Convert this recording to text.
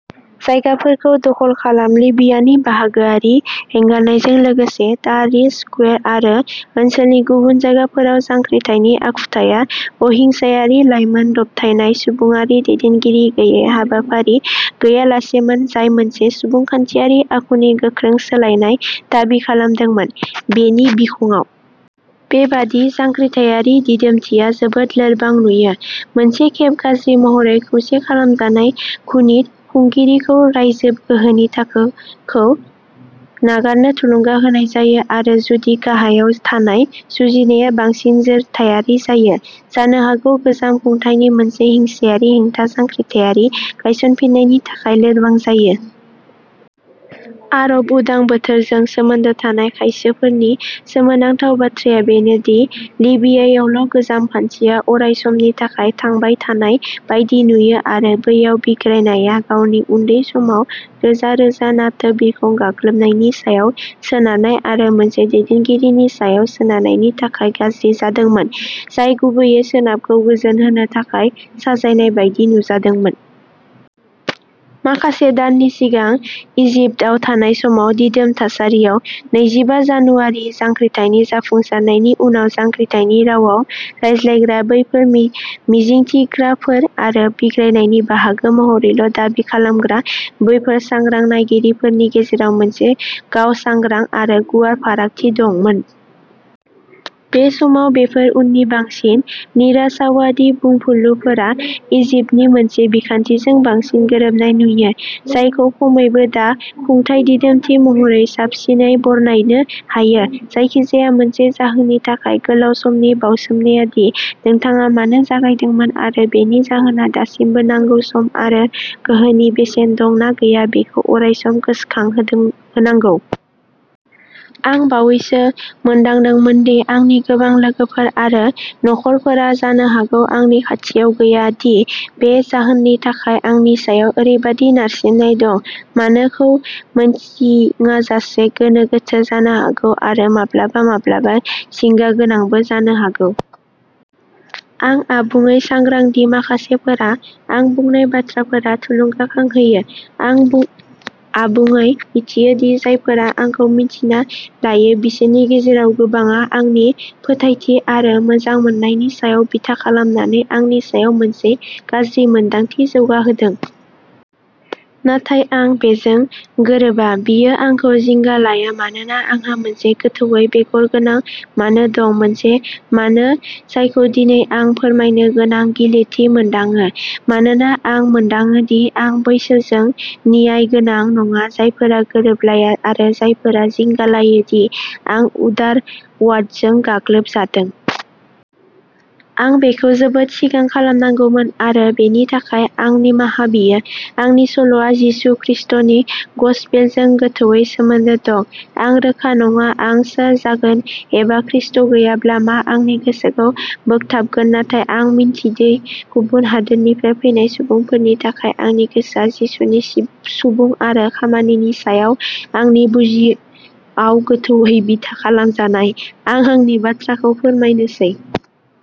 जायगाफोरखौ दखल खालाम। लिबियानि बाहागोआरि एंगारनायजों लोगोसे ताहरिर स्कुवेर आरो ओनसोलनि गुबुन जायगाफोराव जांख्रिथायनि आखुथाया अहिंसायारि, लाइमोन दबथायनाय, सुबुंआरि, दैदेनगिरि गैयै, हाबाफारि गैयालासेमोन, जाय मोनसे सुबुंखान्थियारि आखुनि गोख्रों सोलायनाय दाबि खालामदोंमोन। बेनि बिखंआव बेबादि जांख्रिथायारि दिदोमथिया जोबोद लोरबां नुयो, मोनसे खेब गाज्रि महरै खौसे खालामजानाय घृणित खुंगिरिखौ रायजो गोहोनि थाखोखौ नागारनो थुलुंगा होनाय जायो आरो जुदि गाहायाव थानाय जुजिनाया बांसिन जोरथायारि जायो, जानो हागौ गोजाम खुंथायनि मोनसे हिंसायारि हेंथा जांख्रिथायारि गायसनफिन्नायनि थाखाय लोरबां जायो। आरब उदां बोथोरजों सोमोन्दो थानाय खायसोफोरनि सोमोनांथाव बाथ्राया बेनो दि लिबियायावल' गोजाम खान्थिया अरायसमनि थाखाय थांबाय थानाय बायदि नुयो आरो बैयाव बिग्रायनाया गावनि उन्दै समाव रोजा-रोजा नाटो बिरखं गाग्लोबनायनि सायाव सोनारनाय आरो मोनसे दैदेनगिरिनि सायाव सोनारनायनि थाखाय गाज्रि जादोंमोन, जाय गुबैयै सोनाबखौ गोजोनहोनो थाखाय साजायनाय बायदि नुजादोंमोन। माखासे दाननि सिगां इजिप्टआव थानाय समाव, दिदोम थासारियाव। नैजिबा जानुआरि जांख्रिथायनि जाफुंसारनायनि उनाव जांख्रिथायनि रावाव रायज्लायग्रा बैफोर मिजिंथिग्राफोर आरो बिग्रायनायनि बाहागो महरैल' दाबि खालामग्रा बैफोर सांग्रां नायगिरिफोरनि गेजेराव मोनसे गाव-सांग्रां आरो गुवार फारागथि दंमोन। बे समाव, बेफोर उननि बांसिन निराशावादी बुंफुरलुफोरा इजिप्टनि मोनसे बिखान्थिजों बांसिन गोरोबनाय नुयो, जायखौ खमैबो दा खुंथाय दिदोमथि महरै साबसिनै बरनायनो हायो। जायखिजाया मोनसे जाहोननि थाखाय गोलाव समनि बाउसोमनाया दि नोंथाङा मानो जागायदोंमोन आरो बेनि जाहोनआ दासिमबो नांगौ सम आरो गोहोनि बेसेन दं ना गैया बेखौ अरायसम गोसोखांहोनांगौ। आं बावैसो मोनदांदोंमोन दि आंनि गोबां लोगोफोर आरो नखरफोरा जानो हागौ आंनि खाथियाव गैया दि बे जाहोननि थाखाय आंनि सायाव ओरैबादि नारसिननाय दं। मानो खौ मिन्थिङाजासे गोनो गोथो जानो हागौ आरो माब्लाबा माब्लाबा जिंगा गोनांबो जानो हागौ। आं आबुङै सांग्रां दि माखासेफोरा आं बुंनाय बाथ्राफोरा थुलुंगाखां होयो। आं आबुङै मिथियो दि जायफोरा आंखौ मिन्थिना लायो बिसोरनि गेजेराव गोबांआ आंनि फोथायथि आरो मोजांमोननायनि सायाव बिथा खालामनानै आंनि सायाव मोनसे गाज्रि मोनदांथि जौगाहोदों। नाथाय आं बेजों गोरोबा। बेयो आंखौ जिंगा लाया मानोना आंहा मोनसे गोथौवै बेगर गोनां मानो दं मोनसे मानो जायखौ दिनै आं फोरमायनो गोनां गिलिरथि मोनदाङो मानोना आं मोनदाङो दि आं बैसोरजों न्यायगोनां नङा जायफोरा गोरोबलाया आरो जायफोरा जिंगा लायो दि आं उदारवादजों गाग्लोबजादों। आं बेखौ जोबोद सिगां खालामनांगौमोन आरो बेनि थाखाय, आं निमाहा बियो। आंनि सल'आ जिसु खृस्टनि गसपेलजों गोथौवै सोमोन्दो दं। आं रोखा नङा आं सोर जागोन एबा खृष्ट गैयाब्ला मा आंनि गोसोखौ बोगथाबगोन नाथाय आं मिन्थिदि गुबुन हादोरनिफ्राय फैनाय सुबुंफोरनि थाखाय आंनि गोसोआ जिसुनि सुबुं आरो खामानिनि सायाव आंनि बुजियाव गोथौवै बिथा खालामजानाय। आं आंनि बाथ्राखौ फोरमायनोसै।